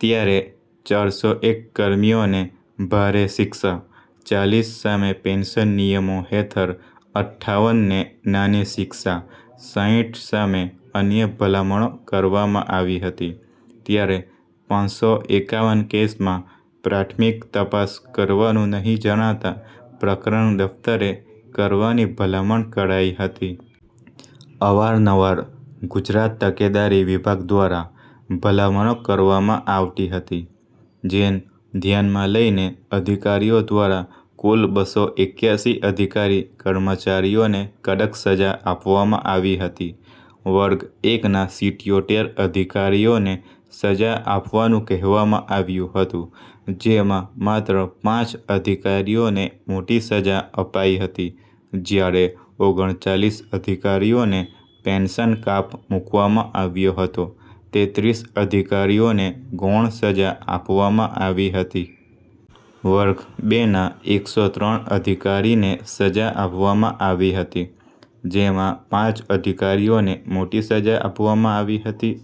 ત્યારે ચારસો એક કર્મીઓને ભારે શિક્ષા, ચાલીસ સામે પેન્શન નિયમો હેઠળ અઠ્ઠાવન ને નાની શિક્ષા, સાઇઠ સામે અન્ય ભલામણો કરવામાં આવી હતી, ત્યારે પાંસો એકાવન કેસમાં પ્રાથમિક તપાસ કરવાનું નહીં જણાતા પ્રકરણ દફ્તરે કરવાની ભલામણ કરાઇ હતી. અવાર-નવાર ગુજરાત તકેદારી વિભાગ દ્વારા ભલામણો કરવામાં આવતી હતી. જેન ધ્યાનમાં લઇને અધિકારીઓ દ્વારા કુલ બસો એકયાસી અધિકારી-કર્મચારીઓને કડક સજા આપવામાં આવી હતી. વર્ગ એક ના સિત્યોતેર અધિકારીઓને સજા આપવાનું કહેવામાં આવ્યું હતું, જેમાં માત્ર પાંચ અધિકારીઓને મોટી સજા અપાય હતી, જયારે ઓગણચાલીસ અધિકારીઓને પેન્શન કાપ મુકવામાં આવ્યો હતો, તેત્રીસ અધિકારીઓને ગૌણ સજા આપવામાં આવી હતી. વર્ગ બે ના એકસો ત્રણ અધિકારીને સજા આપવામાં આવી હતી જેમાં પાંચ અધિકારીઓને મોટી સજા આપવામાં આવી હતી,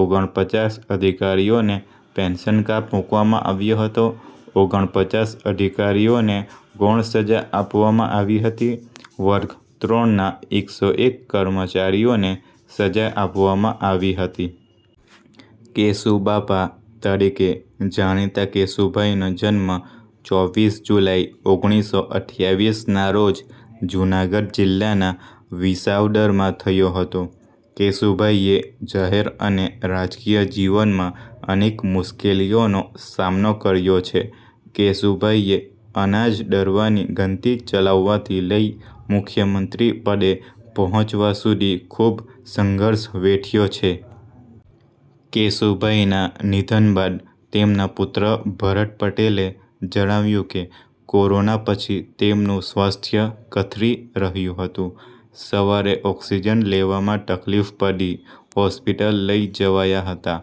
ઓગણપચાસ અધિકારીઓને પેન્શન કાપ મુકવામાં આવ્યો હતો, ઓગણપચાસ અધિકારીઓને ગૌણ સજા આપવામાં આવી હતી. વર્ગ-ત્રણ ના એકસો એક કર્મચારીઓને સજા આપવામાં આવી હતી. કેશુ બાપા તરીકે જાણીતા કેશુભાઈનો જન્મ ચોવીસ જુલાઈ ઓગણીસો અઠયાવીસ ના રોજ જૂનાગઢ જિલ્લાના વિસાવદરમાં થયો હતો. કેશુભાઈએ જાહેર અને રાજકીય જીવનમાં અનેક મુશ્કેલીઓનો સામનો કર્યો છે. કેશુભાઈએ અનાજ દળવાની ઘંટી ચલાવવાથી લઈ મુખ્યમંત્રી પદે પહોંચવા સુધી ખૂબ સંઘર્ષ વેઠ્યો છે. કેશુભાઈના નિધન બાદ તેમના પુત્ર ભરત પટેલે જણાવ્યું કે, કોરોના પછી તેમનું સ્વાસ્થ્ય કથળી રહ્યું હતું. સવારે ઓક્સિજન લેવામાં તકલીફ પડી, હોસ્પિટલ લઇ જવાયા હતા.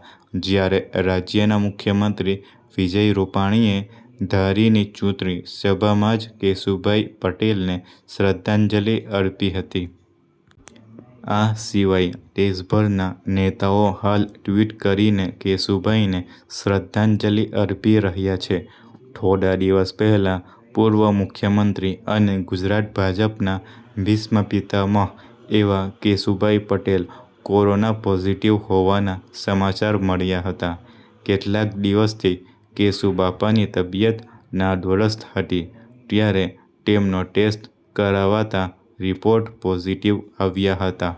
જ્યારે રાજ્યના મુખ્યમંત્રી વિજય રૂપાણીએ ધારીની ચૂંટણી સભામાં જ કેશુભાઈ પટેલને શ્રદ્ધાંજલિ અર્પી હતી. આ સિવાય દેશભરના નેતાઓ હાલ ટ્વીટ કરીને કેશુભાઈને શ્રદ્ધાંજલિ અર્પી રહ્યા છે. થોડા દિવસ પહેલા પૂર્વ મુખ્યમંત્રી અને ગુજરાત ભાજપના ભીષ્મ પિતામહ એવા કેશુભાઈ પટેલ કોરોના પોઝિટિવ હોવાના સમાચાર મળ્યા હતા. કેટલાક દિવસથી કેશુબાપાની તબિયત નાદુરસ્ત હતી, ત્યારે તેમનો ટેસ્ટ કરાવાતાં રિપોર્ટ પોઝિટિવ આવ્યા હતા.